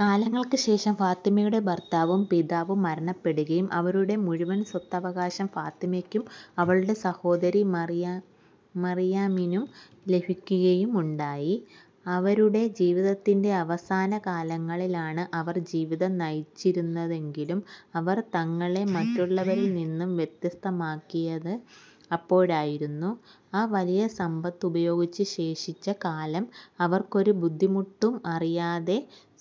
കാലങ്ങൾക്കു ശേഷം ഫാത്തിമ്മയുടെ ഭർത്താവും പിതാവും മരണപ്പെടുകയും അവരുടെ മുഴുവൻ സ്വത്തവകാശം ഫാത്തിമ്മക്കും അവളുടെ സഹോദരി മറിയമിനും ലഭിക്കുകയുണ്ടായി. അവരുടെ ജീവിതത്തിന്റെ അവസാന കാലങ്ങളിലാണ് അവർ ജീവിതം നയിച്ചിരുന്നതെങ്കിലും അവർ തങ്ങളെ മറ്റുള്ളവരിൽ നിന്നും വ്യത്യസ്തമാക്കിയത് അപ്പോഴായിരുന്നു. ആ വലിയ സമ്പത്ത് ഉപയോഗിച്ച് ശേഷിച്ച കാലം അവർക്ക് ഒരു ബുദ്ധിമുട്ടുമറിയാതെ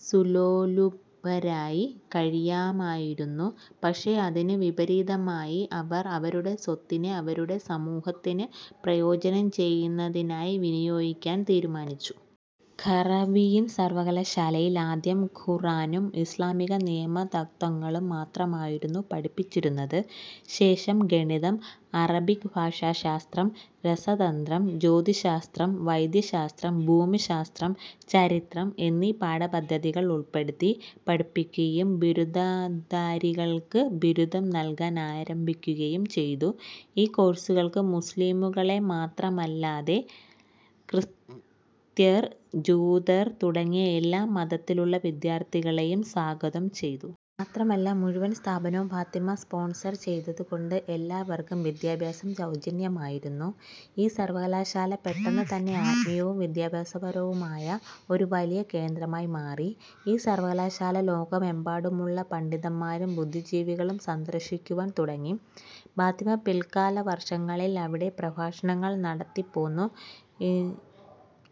സുഖലോലുപരായി കഴിയാമായിരുന്നു പക്ഷെ അതിനു വിപരീതമായി അവർ അവരുടെ സ്വത്തിനെ അവരുടെ സമൂഹത്തിന് പ്രയോജനം ചെയ്യുന്നതിനായി വിനിയോഗിക്കാൻ തീരുമാനിച്ചു. ഖറവിയ്യിൻ സർവ്വകലാശാലയിൽ ആദ്യം ഖുർആനും ഇസ്ലാമിക നിയമ തത്വങ്ങളും മാത്രമായിരുന്നു പഠിപ്പിച്ചിരുന്നത്. ശേഷം ഗണിതം, അറബി ഭാഷാ ശാസ്ത്രം, രസതന്ത്രം, ജ്യോതിശാസ്ത്രം, വൈദ്യശാസ്ത്രം, ഭൂമിശാസ്ത്രം, ചരിത്രം എന്നിവ പാഠ്യപദ്ധതിയിൽ ഉൾപ്പെടുത്തി പഠിപ്പിക്കുകയും ബിരുദധാരികൾക്ക് ബിരുദം നൽകാൻ ആരംഭിക്കുകയും ചെയ്തു. ഈ കോഴ്സുകൾക്ക് മുസ്ലിമുകളെ മാത്രമല്ലാതെ ക്രിസ്ത്യർ, ജൂതർ തുടങ്ങി എല്ലാ മതത്തിലുള്ള വിദ്യാർത്ഥികളെയും സ്വാഗതം ചെയ്തു. മാത്രമല്ല മുഴുവൻ സ്ഥാപനവും ഫാത്തിമ സ്പോൺസർ ചെയ്തതുകൊണ്ട് എല്ലാവർക്കും വിദ്യാഭ്യാസം സൗജന്യമായിരുന്നു. ഈ സർവകലാശാല പെട്ടെന്ന് തന്നെ ആത്മീയവും വിദ്യാഭ്യാസപരവുമായ ഒരു വലിയ കേന്ദ്രമായി മാറി. ഈ സർവകലാശാലയെ ലോകമെമ്പാടുമുള്ള പണ്ഡിതന്മാരും ബുദ്ധിജീവികളും സന്ദർശിക്കുവാൻ തുടങ്ങി. ഫാത്തിമ പിൽക്കാല വർഷങ്ങളിൽ അവിടെ പ്രഭാഷണങ്ങൾ നടത്തിപൊന്നു.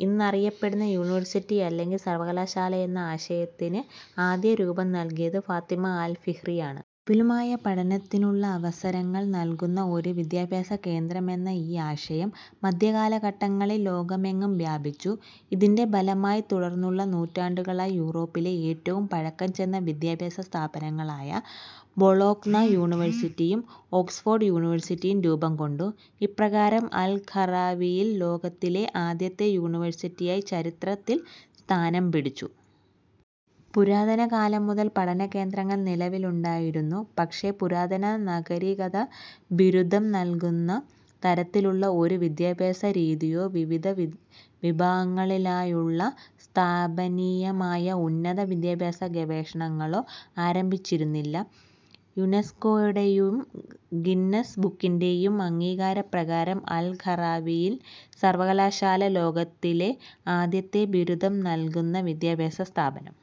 ഇന്നറിയപ്പെടുന്ന യൂണിവേഴ്സിറ്റി അല്ലെങ്കിൽ സർവ്വകലാശാല എന്ന ആശയത്തിന് ആദ്യം രൂപം നൽകിയത് ഫാത്തിമ അൽ ഫിഹ്രിയാണ്. വിപുലമായ പഠനത്തിനുള്ള അവസരങ്ങൾ നൽകുന്ന ഒരു വിദ്യാഭ്യാസ കേന്ദ്രമെന്ന ഈ ആശയം മധ്യകാലഘട്ടങ്ങളിൽ ലോകമെങ്ങും വ്യാപിച്ചു. ഇതിന്റെ ഫലമായി തുടർന്നുള്ള നൂറ്റാണ്ടുകളായി യൂറോപ്പിലെ ഏറ്റവും പഴക്കം ചെന്ന വിദ്യാഭ്യാസ സ്ഥാപനങ്ങളായ ബൊളോഗ്ന യൂണിവേഴ്സിറ്റിയും ഓക്സ്ഫോർഡ് യൂണിവേഴ്സിറ്റിയും രൂപം കൊണ്ടു. ഇപ്രകാരം അൽ ഖറവിയ്യിൻ ലോകത്തിലെ ആദ്യത്തെ യൂണിവേഴ്സിറ്റിയായി ചരിത്രത്തിൽ സ്ഥാനം പിടിച്ചു. പുരാതന കാലം മുതൽ പഠന കേന്ദ്രങ്ങൾ നിലവിലുണ്ടായിരുന്നു, പക്ഷെ പുരാതന നാഗരികത ബിരുദം നൽകുന്ന തരത്തിലുള്ള ഒരു വിദ്യാഭ്യാസ രീതിയോ വിവിധ വിഭാഗങ്ങളിലായുള്ള സ്ഥാപനീയമായ ഉന്നത വിദ്യാഭ്യാസ ഗവേഷണങ്ങളോ ആരംഭിച്ചിരുന്നില്ല. യുനെസ്കോയുടെയും ഗിന്നസ് ബുക്കിന്റെയും അംഗീകാര പ്രകാരം അൽ ഖറവിയ്യിൻ സർവകലാശാലയാണ് ലോകത്തിലെ ആദ്യത്തെ ബിരുദം നൽകുന്ന വിദ്യാഭ്യാസ സ്ഥാപനം.